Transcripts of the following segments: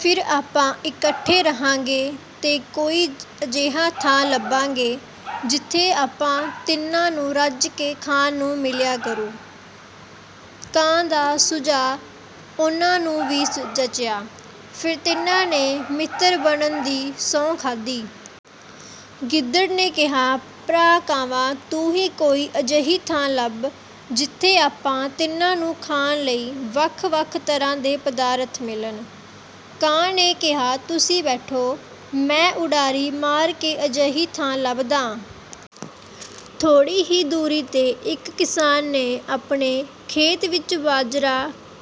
ਫਿਰ ਆਪਾਂ ਇਕੱਠੇ ਰਹਾਂਗੇ ਤੇ ਕੋਈ ਅਜਿਹਾ ਥਾਂ ਲੱਭਾਂਗੇ, ਜਿੱਥੇ ਆਪਾਂ ਤਿੰਨਾਂ ਨੂੰ ਰੱਜ ਕੇ ਖਾਣ ਨੂੰ ਮਿਲਿਆ ਕਰੂ।'' ਕਾਂ ਦਾ ਸੁਝਾਅ ਉਨ੍ਹਾਂ ਨੂੰ ਵੀ ਜਚਿਆ। ਫਿਰ ਤਿੰਨਾਂ ਨੇ ਮਿੱਤਰ ਬਣਨ ਦੀ ਸਹੁੰ ਖਾਧੀ। ਗਿੱਦੜ ਨੇ ਕਿਹਾ, ''ਭਰਾ ਕਾਵਾਂ, ਤੂੰ ਹੀ ਕੋਈ ਅਜਿਹੀ ਥਾਂ ਲੱਭ, ਜਿੱਥੇ ਆਪਾਂ ਤਿੰਨਾਂ ਨੂੰ ਖਾਣ ਲਈ ਵੱਖ-ਵੱਖ ਤਰ੍ਹਾਂ ਦੇ ਪਦਾਰਥ ਮਿਲਣ।'' ਕਾਂ ਨੇ ਕਿਹਾ, ''ਤੁਸੀਂ ਬੈਠੋ, ਮੈਂ ਉਡਾਰੀ ਮਾਰ ਕੇ ਅਜਿਹੀ ਥਾਂ ਲੱਭਦਾਂ।'' ਥੋੜ੍ਹੀ ਹੀ ਦੂਰੀ 'ਤੇ ਇੱਕ ਕਿਸਾਨ ਨੇ ਆਪਣੇ ਖੇਤ ਵਿੱਚ ਬਾਜਰਾ,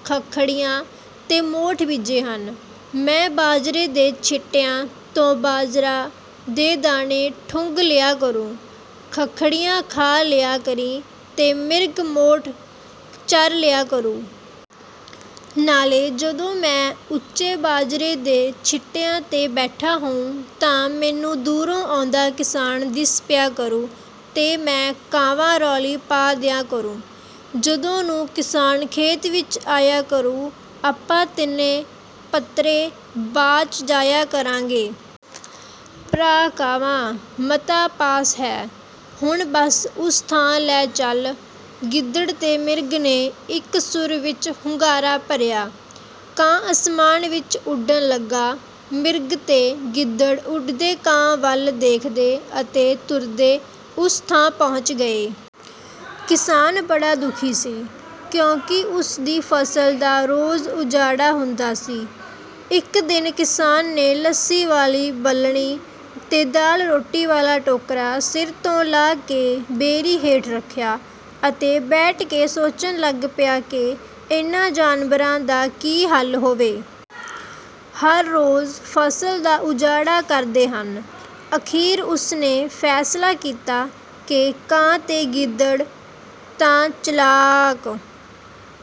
ਖੱਖੜੀਆਂ ਤੇ ਮੋਠ ਬੀਜੇ ਹਨ। ਮੈਂ ਬਾਜਰੇ ਦੇ ਛਿੱਟਿਆਂ ਤੋਂ ਬਾਜਰਾ ਦੇ ਦਾਣੇ ਠੁੰਗ ਲਿਆ ਕਰੂੰ, ਖੱਖੜੀਆਂ ਖਾ ਲਿਆ ਕਰੀਂ ਤੇ ਮਿਰਗ ਮੋਠ ਚਰ ਲਿਆ ਕਰੂ। ਨਾਲੇ ਜਦੋਂ ਮੈਂ ਉੱਚੇ ਬਾਜਰੇ ਦੇ ਛਿੱਟਿਆਂ 'ਤੇ ਬੈਠਾ ਹੋਊਂ ਤਾਂ ਮੈਨੂੰ ਦੂਰੋਂ ਆਉਂਦਾ ਕਿਸਾਨ ਦਿਸ ਪਿਆ ਕਰੂ ਤੇ ਮੈਂ ਕਾਵਾਂ-ਰੌਲੀ ਪਾ ਦਿਆਂ ਕਰੂੰ। ਜਦੋਂ ਨੂੰ ਕਿਸਾਨ ਖੇਤ ਵਿੱਚ ਆਇਆ ਕਰੂ, ਆਪਾਂ ਤਿੰਨੇ ਪੱਤਰੇ ਵਾਚ ਜਾਇਆ ਕਰਾਂਗੇ।" ''ਭਰਾ ਕਾਵਾਂ, ਮਤਾ ਪਾਸ ਹੈ, ਹੁਣ ਬਸ ਉਸ ਥਾਂ ਲੈ ਚੱਲ।'' ਗਿੱਦੜ ਤੇ ਮਿਰਗ ਨੇ ਇੱਕ ਸੁਰ ਵਿੱਚ ਹੁੰਗਾਰਾ ਭਰਿਆ। ਕਾਂ ਅਸਮਾਨ ਵਿੱਚ ਉੱਡਣ ਲੱਗਾ। ਮਿਰਗ ਤੇ ਗਿੱਦੜ ਉੱਡਦੇ ਕਾਂ ਵੱਲ ਦੇਖਦੇ ਅਤੇ ਤੁਰਦੇ ਉਸ ਥਾਂ ਪਹੁੰਚ ਗਏ। ਕਿਸਾਨ ਬੜਾ ਦੁਖੀ ਸੀ, ਕਿਉਂਕਿ ਉਸ ਦੀ ਫ਼ਸਲ ਦਾ ਰੋਜ਼ ਉਜਾੜਾ ਹੁੰਦਾ ਸੀ। ਇੱਕ ਦਿਨ ਕਿਸਾਨ ਨੇ ਲੱਸੀ ਵਾਲੀ ਬਲਣੀ ਤੇ ਦਾਲ-ਰੋਟੀ ਵਾਲਾ ਟੋਕਰਾ ਸਿਰ ਤੋਂ ਲਾਹ ਕੇ ਬੇਰੀ ਹੇਠ ਰੱਖਿਆ ਅਤੇ ਬੈਠ ਕੇ ਸੋਚਣ ਲੱਗ ਪਿਆ ਕਿ ਇਨ੍ਹਾਂ ਜਾਨਵਰਾਂ ਦਾ ਕੀ ਹੱਲ ਹੋਵੇ? ਹਰ ਰੋਜ਼ ਫ਼ਸਲ ਦਾ ਉਜਾੜਾ ਕਰਦੇ ਹਨ। ਅਖੀਰ ਉਸ ਨੇ ਫ਼ੈਸਲਾ ਕੀਤਾ ਕਿ ਕਾਂ ਤੇ ਗਿੱਦੜ ਤਾਂ ਚਲਾਕ...